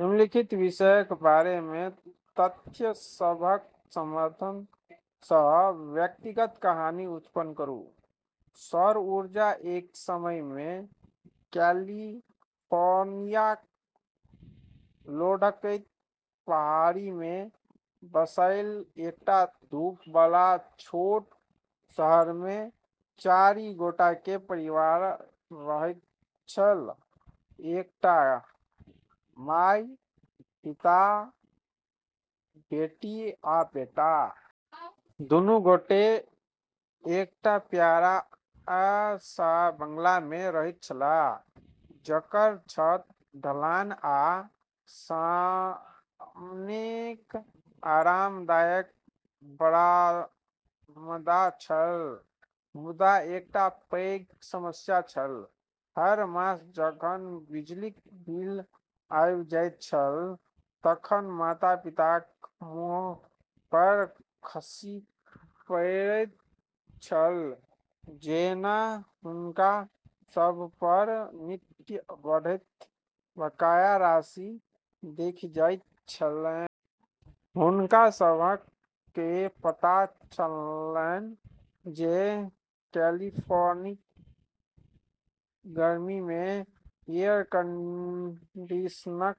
निम्नलिखित विषयक बारेमे तथ्य सभक समर्थनसँ व्यक्तिगत कहानी उत्पन्न करू सौर ऊर्जा एक समयमे कैलिफोर्नियाक लुढ़कैत पहाड़ीमे बसाएल एकटा धूप वाला छोट शहरमे चारि गोटेक परिवार रहैत छल: एकटा माय, पिता, बेटी आ बेटा। दुनू गोटे एकटा प्यारा सा बंगलामे रहैत छलाह, जकर छत ढलान आ सामनेक आरामदायक बरामदा छल। मुदा एकटा पैघ समस्या छल हर मास जखन बिजलीक बिल आबि जाइत छल तखन माता-पिताक मुँहपर खसि पड़ैत छल जेना हुनका सभपर नित्य बढ़ैत बकाया राशि देखि जाइत छलैन। हुनका सभकेँ पता छलैन जे कैलिफोर्नियाक गर्मीमे एयर कंडीशनरक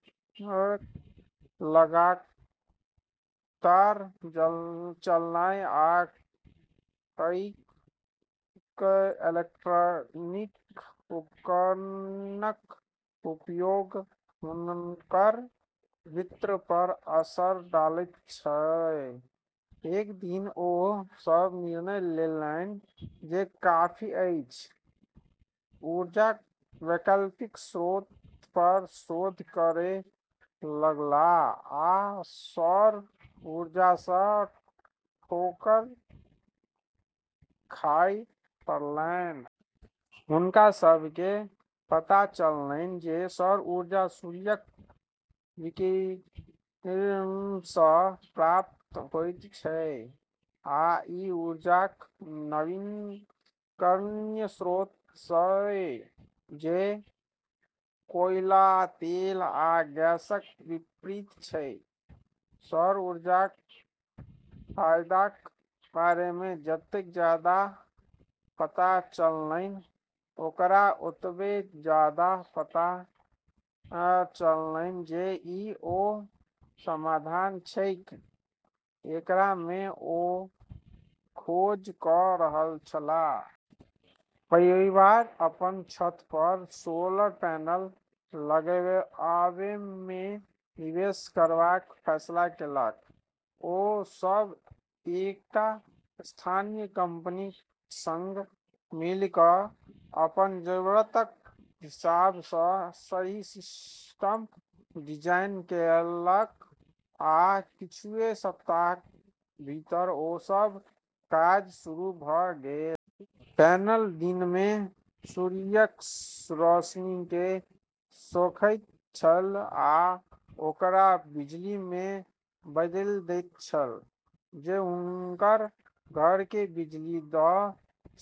लगातार चलनाइ आ कईएक इलेक्ट्रॉनिक उपकरणक उपयोग हुनकर वित्तपर असर डालैत छै। एक दिन, ओ सभ निर्णय लेलैन जे काफी अछि। ऊर्जाक वैकल्पिक स्रोतपर शोध करै लगलाह, आ सौर ऊर्जासँ ठोकर खाय पड़लैन। हुनका सभकेँ पता चललैन जे सौर ऊर्जा सूर्यक विकिरणसँ प्राप्त होइत छै आ ई ऊर्जाक नवीकरणीय स्रोत छै, जे कोयला, तेल आ गैसक विपरीत छै। सौर ऊर्जाक फायदाक बारेमे जतेक जादा पता चललैन, ओकरा ओतबे जादा पता चललैन जे ई ओ समाधान छैक जेकरामे ओ खोज कऽ रहल छलाह। परिवार अपन छतपर सोलर पैनल लगेबामे निवेश करबाक फैसला केलक। ओ सभ एकटा स्थानीय कंपनीक संग मिलि कऽ अपन जरूरतक हिसाबसँ सही सिस्टम डिजाइन केलक, आ किछुए सप्ताहक भीतर ओ सभ काज शुरू भऽ गेल। पैनल दिनमे सूर्यक रोशनीकेँ सोखैत छल, आ ओकरा बिजलीमे बदलि दैत छल जे हुनकर घरकेँ बिजली दऽ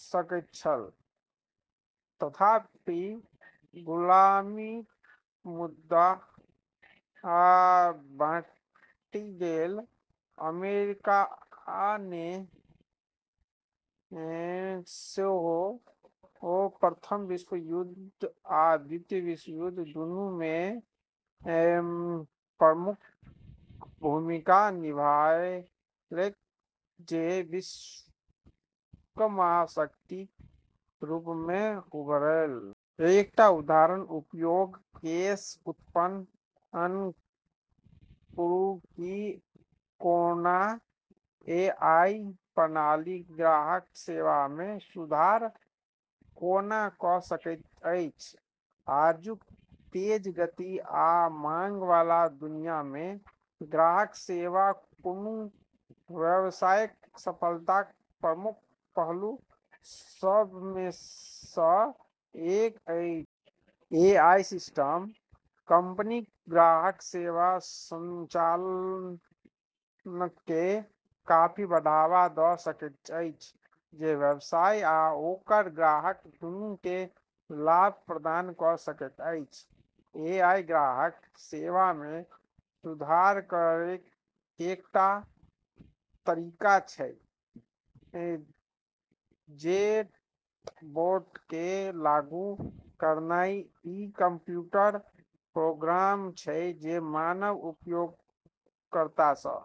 सकैत छल। तथापि, गुलामीक मुद्दा बँटि गेल। अमेरिकाने सेहो प्रथम विश्वयुद्ध आ द्वितीय विश्वयुद्ध दोनूमे प्रमुख भूमिका निभाएलकै, जे वैश्विक महाशक्तिक रूपमे उभरलै। एकटा उदाहरण उपयोग केस उत्पन्न करू कि कोनो एआई प्रणाली ग्राहक सेवामे सुधार कोना कऽ सकैत अछि। आजुक तेज गति आ मांग वाला दुनियामे ग्राहक सेवा कोनो व्यवसायक सफलताक प्रमुख पहलू सभमेसँ एक अछि। एआई सिस्टम कंपनीक ग्राहक सेवा संचालनकेँ काफी बढ़ावा दऽ सकैत अछि, जे व्यवसाय आ ओकर ग्राहक दूनूकेँ लाभ प्रदान कऽ सकैत अछि। एआई ग्राहक सेवामे सुधार करैक एकटा तरीका छै चैटबोटकेँ लागू करनाइ। ई कंप्यूटर प्रोग्राम छै जे मानव उपयोगकर्तासँ